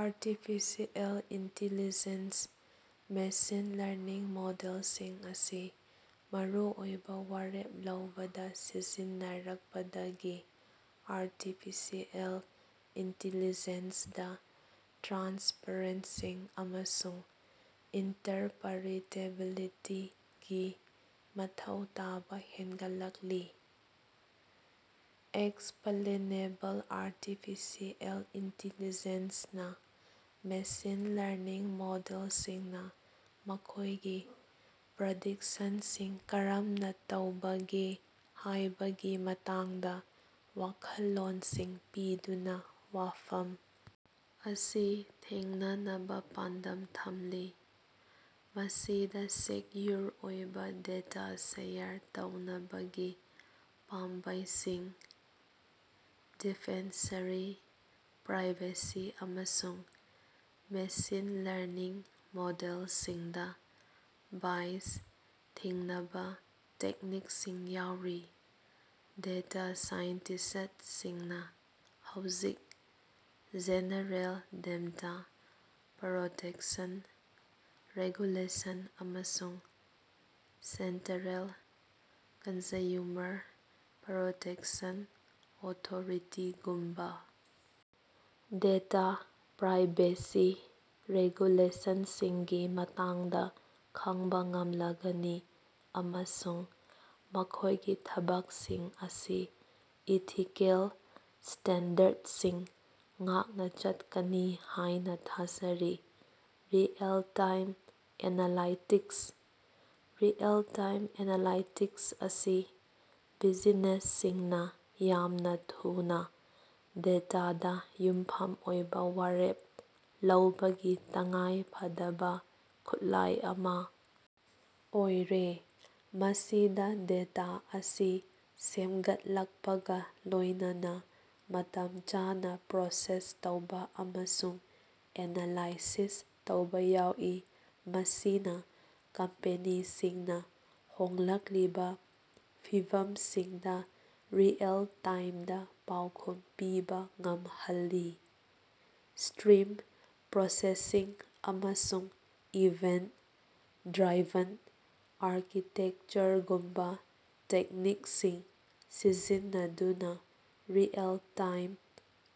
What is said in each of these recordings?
Artificial intelligence machine learning ꯃꯣꯗꯦꯜꯁꯤꯡ ꯑꯁꯤ ꯃꯔꯨꯑꯣꯏꯕꯥ ꯋꯥꯔꯦꯞ ꯂꯧꯕꯗꯥ ꯁꯤꯖꯤꯟꯅꯔꯛꯄꯗꯒꯤ ꯑꯥꯔꯇꯤꯐꯤꯁꯤꯑꯦꯜ ꯏꯟꯇꯤꯂꯤꯖ‌ꯦꯟꯁꯗꯥ ꯇ꯭ꯔꯥꯟꯁꯄꯔꯦꯟꯁꯤ ꯑꯃꯁꯨꯡ ꯏꯟꯇꯔꯄꯔꯤꯇꯦꯕꯤꯂꯤꯇꯤꯒꯤ ꯃꯊꯧ ꯇꯥꯕ ꯍꯦꯟꯒꯠꯂꯛꯂꯤ꯫ ꯑꯦꯛꯁꯄꯂꯦꯅꯦꯕꯜ ꯑꯥꯔꯇꯤꯐꯤꯁꯤꯑꯦꯜ ꯏꯟꯇꯤꯂꯤꯖ‌ꯦꯟꯁꯅꯥ ꯃꯦꯁꯤꯟ ꯂꯔꯅꯤꯡ ꯃꯣꯗꯦꯜꯁꯤꯡꯅꯥ ꯃꯈꯣꯏꯒꯤ ꯄ꯭ꯔꯤꯗꯤꯛꯁꯟꯁꯤꯡ ꯀꯔꯝꯅꯥ ꯇꯧꯕꯒꯦ ꯍꯥꯏꯕꯒꯤ ꯃꯇꯥꯡꯗꯥ ꯋꯥꯈꯜꯂꯣꯟꯁꯤꯡ ꯄꯤꯗꯨꯅꯥ ꯋꯥꯐꯝ ꯑꯁꯤ ꯊꯦꯡꯅꯅꯕꯥ ꯄꯥꯟꯗꯝ ꯊꯝꯂꯤ꯫ ꯃꯁꯤꯗꯥ ꯁꯦꯛꯌꯨꯔ ꯑꯣꯏꯕꯥ ꯗꯦꯇꯥ ꯁꯦꯌꯔ ꯇꯧꯅꯕꯒꯤ ꯄꯥꯝꯕꯩꯁꯤꯡ, ꯗꯤꯐꯦꯟꯁꯔꯤ ꯄ꯭ꯔꯥꯏꯚꯦꯁꯤ, ꯑꯃꯁꯨꯡ ꯃꯦꯁꯤꯟ ꯂꯔꯅꯤꯡ ꯃꯣꯗꯦꯜꯁꯤꯡꯗꯥ ꯕꯥꯏꯁ ꯊꯤꯡꯅꯕ ꯇꯦꯛꯅꯤꯛꯁꯤꯡ ꯌꯥꯎꯔꯤ꯫ ꯗꯦꯇꯥ ꯁꯥꯏꯟꯇꯤꯁ꯭ꯇꯁꯤꯡꯅ ꯍꯧꯖꯤꯛ ꯖ‌ꯦꯅꯔ‌ꯦꯜ ꯗꯝꯦꯇꯥ ꯄꯔ‌ꯣꯇ‌ꯦꯛꯁꯟ ꯔ‌ꯦꯒꯨꯂ‌ꯦꯁꯟ ꯑꯃꯁꯨꯡ ꯁ‌ꯦꯟꯇꯔ‌ꯦꯜ ꯀꯟꯖꯌꯨꯃꯔ ꯄꯔ‌ꯣꯇ‌ꯦꯛꯁꯟ ꯑꯣꯊ‌ꯣꯔꯤꯇꯤꯒꯨꯝꯕꯥ ꯗꯦꯇꯥ ꯄ꯭ꯔꯥꯏꯕꯦꯁꯤ ꯔꯦꯒꯨꯂꯦꯁꯟꯁꯤꯡꯒꯤ ꯃꯇꯥꯡꯗꯥ ꯈꯪꯕꯥ ꯉꯝꯂꯒꯅꯤ, ꯑꯃꯁꯨꯡ ꯃꯈꯣꯏꯒꯤ ꯊꯕꯛꯁꯤꯡ ꯑꯁꯤ ꯏꯊꯤꯀꯦꯜ ꯁ꯭ꯇꯦꯟꯗꯔꯗꯁꯤꯡ ꯉꯥꯛꯅ ꯆꯠꯀꯅꯤ ꯍꯥꯏꯅꯥ ꯊꯥꯖꯔꯤ꯫ ꯔꯤꯑꯦꯜ-ꯇꯥꯏꯝ ꯑꯦꯅꯥꯂꯥꯏꯇꯤꯛꯁ: ꯔꯤꯑꯦꯜ-ꯇꯥꯏꯝ ꯑꯦꯅꯥꯂꯥꯏꯇꯤꯛꯁ ꯑꯁꯤ ꯕꯤꯖꯤꯅꯦꯁꯁꯤꯡꯅꯥ ꯌꯥꯝꯅꯥ ꯊꯨꯅꯥ, ꯗꯦꯇꯥꯗ ꯌꯨꯝꯐꯝ ꯑꯣꯏꯕ ꯋꯥꯔꯦꯞ ꯂꯧꯕꯒꯤ ꯇꯉꯥꯏ ꯐꯗꯕ ꯈꯨꯠꯂꯥꯏ ꯑꯃꯥ ꯑꯣꯏꯔꯦ꯫ ꯃꯁꯤꯗ ꯗꯦꯇꯥ ꯑꯁꯤ ꯁꯦꯝꯒꯠꯂꯛꯄꯒ ꯂꯣꯏꯅꯅꯥ ꯃꯇꯝ ꯆꯥꯅꯥ ꯄ꯭ꯔꯣꯁꯦꯁ ꯇꯧꯕ ꯑꯃꯁꯨꯡ ꯑꯦꯅꯥꯂꯥꯏꯁꯤꯁ ꯇꯧꯕ ꯌꯥꯎꯏ, ꯃꯁꯤꯅ ꯀꯝꯄꯦꯅꯤꯁꯤꯡꯅ ꯍꯣꯡꯂꯛꯂꯤꯕ ꯐꯤꯚꯝꯁꯤꯡꯗ ꯔꯤꯑꯦꯜ-ꯇꯥꯏꯝꯗ ꯄꯥꯎꯈꯨꯝ ꯄꯤꯕ ꯉꯝꯍꯜꯂꯤ꯫ ꯁ꯭ꯇꯔꯤꯝ ꯄ꯭ꯔꯣꯁꯦꯁꯤꯡ ꯑꯃꯁꯨꯡ ꯏꯚꯦꯟꯇ-ꯗ꯭ꯔꯥꯏꯚꯟ ꯑꯥꯔꯀꯤꯇꯦꯛꯆꯔꯒꯨꯝꯕꯥ ꯇꯦꯛꯅꯤꯛꯁꯤꯡ ꯁꯤꯖꯤꯟꯅꯗꯨꯅ ꯔꯤꯑꯦꯜ-ꯇꯥꯏꯝ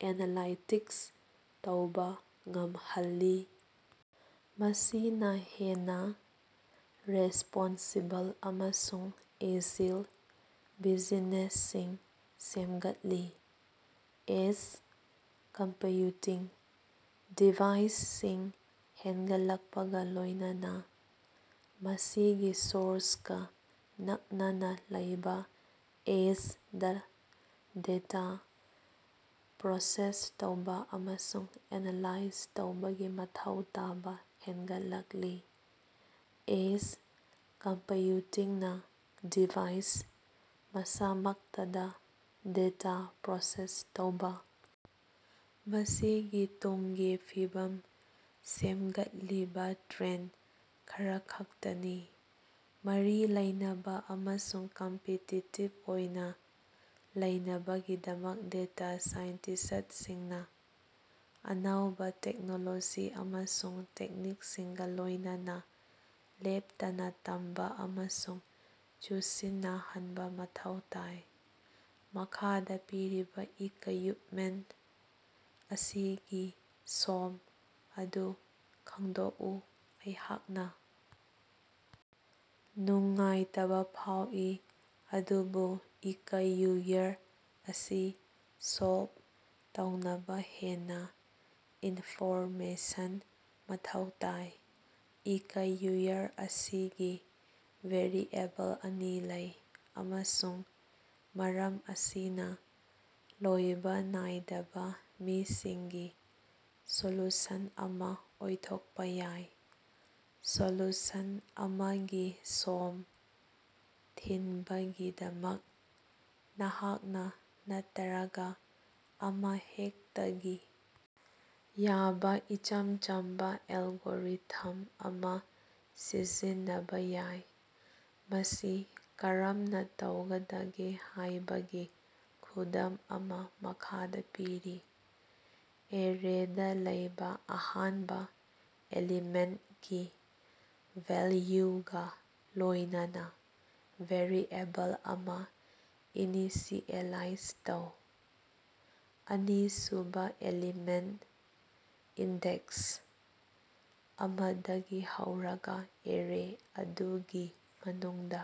ꯑꯦꯅꯥꯂꯥꯏꯇꯤꯛꯁ ꯇꯧꯕꯥ ꯉꯝꯍꯜꯂꯤ, ꯃꯁꯤꯅꯥ ꯍꯦꯟꯅꯥ ꯔꯦꯁ꯭ꯄꯣꯟꯁꯤꯕꯜ ꯑꯃꯁꯨꯡ ꯑꯦꯖꯤꯜ ꯕꯤꯖꯤꯅꯦꯁꯁꯤꯡ ꯁꯦꯝꯒꯠꯂꯤ꯫ ꯑꯦꯖ ꯀꯝꯄꯌꯨꯇꯤꯡ: ꯗꯤꯚꯥꯏꯁꯁꯤꯡ ꯍꯦꯟꯒꯠꯂꯛꯄꯒꯥ ꯂꯣꯏꯅꯅꯥ, ꯃꯁꯤꯒꯤ ꯁꯣꯔꯁꯀ ꯅꯛꯅꯅꯥ ꯂꯩꯕ ꯑꯦꯖꯗꯥ ꯗꯦꯇꯥ ꯄ꯭ꯔꯣꯁꯦꯁ ꯇꯧꯕꯥ ꯑꯃꯁꯨꯡ ꯑꯦꯅꯥꯂꯥꯏꯖ ꯇꯧꯕꯒꯤ ꯃꯊꯧ ꯇꯥꯕꯥ ꯍꯦꯟꯒꯠꯂꯛꯂꯤ꯫ ꯑꯦꯖ ꯀꯝꯄꯌꯨꯇꯤꯡꯅꯥ ꯗꯤꯚꯥꯏꯁ ꯃꯁꯥꯃꯛꯇꯗ ꯗꯦꯇꯥ ꯄ꯭ꯔꯣꯁꯦꯁ ꯇꯧꯕꯥ ꯃꯁꯤꯒꯤ ꯇꯨꯡꯒꯤ ꯐꯤꯕꯝ ꯁꯦꯝꯒꯠꯂꯤꯕꯥ ꯇ꯭ꯔꯦꯟꯗ ꯈꯔꯈꯛꯇꯅꯤ꯫ ꯃꯔꯤ ꯂꯩꯅꯕꯥ ꯑꯃꯁꯨꯡ ꯀꯝꯄꯤꯇꯤꯇꯤꯕ ꯑꯣꯏꯅ ꯂꯩꯅꯕꯒꯤꯗꯃꯛ ꯗꯦꯇꯥ ꯁꯥꯏꯟꯇꯤꯁ꯭ꯇꯁꯤꯡꯅꯥ ꯑꯅꯧꯕ ꯇꯦꯛꯅꯣꯂꯣꯖꯤ ꯑꯃꯁꯨꯡ ꯇꯦꯛꯅꯤꯛꯁꯤꯡꯒꯥ ꯂꯣꯏꯅꯅꯥ ꯂꯦꯞꯇꯅ ꯇꯝꯕꯥ ꯑꯃꯁꯨꯡ ꯆꯨꯁꯤꯟꯅꯍꯟꯕ ꯃꯊꯧ ꯇꯥꯏ꯫ ꯃꯈꯥꯗꯥ ꯄꯤꯔꯤꯕꯥ ꯏꯀꯌꯨꯏꯞꯃꯦꯟꯇ ꯑꯁꯤꯒꯤ ꯁꯣꯝ ꯑꯗꯨ ꯈꯪꯗꯣꯛꯎ꯫ ꯑꯩꯍꯥꯛꯅ ꯅꯨꯡꯉꯥꯏꯇꯕ ꯐꯥꯎꯏ, ꯑꯗꯨꯕꯨ ꯏꯀꯌꯨꯏꯌꯔ ꯑꯁꯤ ꯁꯣꯜꯕ ꯇꯧꯅꯕ ꯍꯦꯟꯅ ꯏꯟꯐꯣꯔꯃꯦꯁꯟ ꯃꯊꯧ ꯇꯥꯏ꯫ ꯏꯀꯌꯨꯏꯌꯔ ꯑꯁꯤꯒꯤ ꯚꯦꯔꯤꯑꯦꯕꯜ ꯑꯅꯤ ꯂꯩ, ꯑꯃꯁꯨꯡ ꯃꯔꯝ ꯑꯁꯤꯅꯥ ꯂꯣꯏꯕ ꯅꯥꯏꯗꯕ ꯃꯁꯤꯡꯒꯤ ꯁꯣꯂꯨꯁꯟ ꯑꯃꯥ ꯑꯣꯏꯊꯣꯛꯄꯥ ꯌꯥꯏ꯫ ꯁꯣꯂꯨꯁꯟ ꯑꯃꯒꯤ ꯁꯣꯝ ꯊꯤꯟꯕꯒꯤꯗꯃꯛ, ꯅꯍꯥꯛꯅ ꯅꯠꯇꯔꯒ ꯑꯃꯍꯦꯛꯇꯒꯤ ꯌꯥꯕꯥ ꯏꯆꯝ ꯆꯝꯕꯥ ꯑꯦꯜꯒꯣꯔꯤꯊꯝ ꯑꯃꯥ ꯁꯤꯖꯤꯟꯅꯕꯥ ꯌꯥꯏ꯫ ꯃꯁꯤ ꯀꯔꯝꯅꯥ ꯇꯧꯒꯗꯒꯦ ꯍꯥꯏꯕꯒꯤ ꯈꯨꯗꯝ ꯑꯃꯥ ꯃꯈꯥꯗ ꯄꯤꯔꯤ: ꯑꯦꯔꯦꯗ ꯂꯩꯕ ꯑꯍꯥꯟꯕ ꯑꯦꯂꯤꯃꯦꯟꯇꯀꯤ ꯚꯦꯜꯌꯨꯒ ꯂꯣꯏꯅꯅꯥ ꯚꯦꯔꯤꯑꯦꯕꯜ ꯑꯃ ꯏꯅꯤꯁꯤꯑꯦꯂꯥꯏꯖ ꯇꯧ꯫ ꯑꯅꯤꯁꯨꯕ ꯑꯦꯂꯤꯃꯦꯟꯇ ꯏꯟꯗꯦꯛꯁ ꯑꯃꯗꯒꯤ ꯍꯧꯔꯒ ꯑꯦꯔꯦ ꯑꯗꯨꯒꯤ ꯃꯅꯨꯡꯗ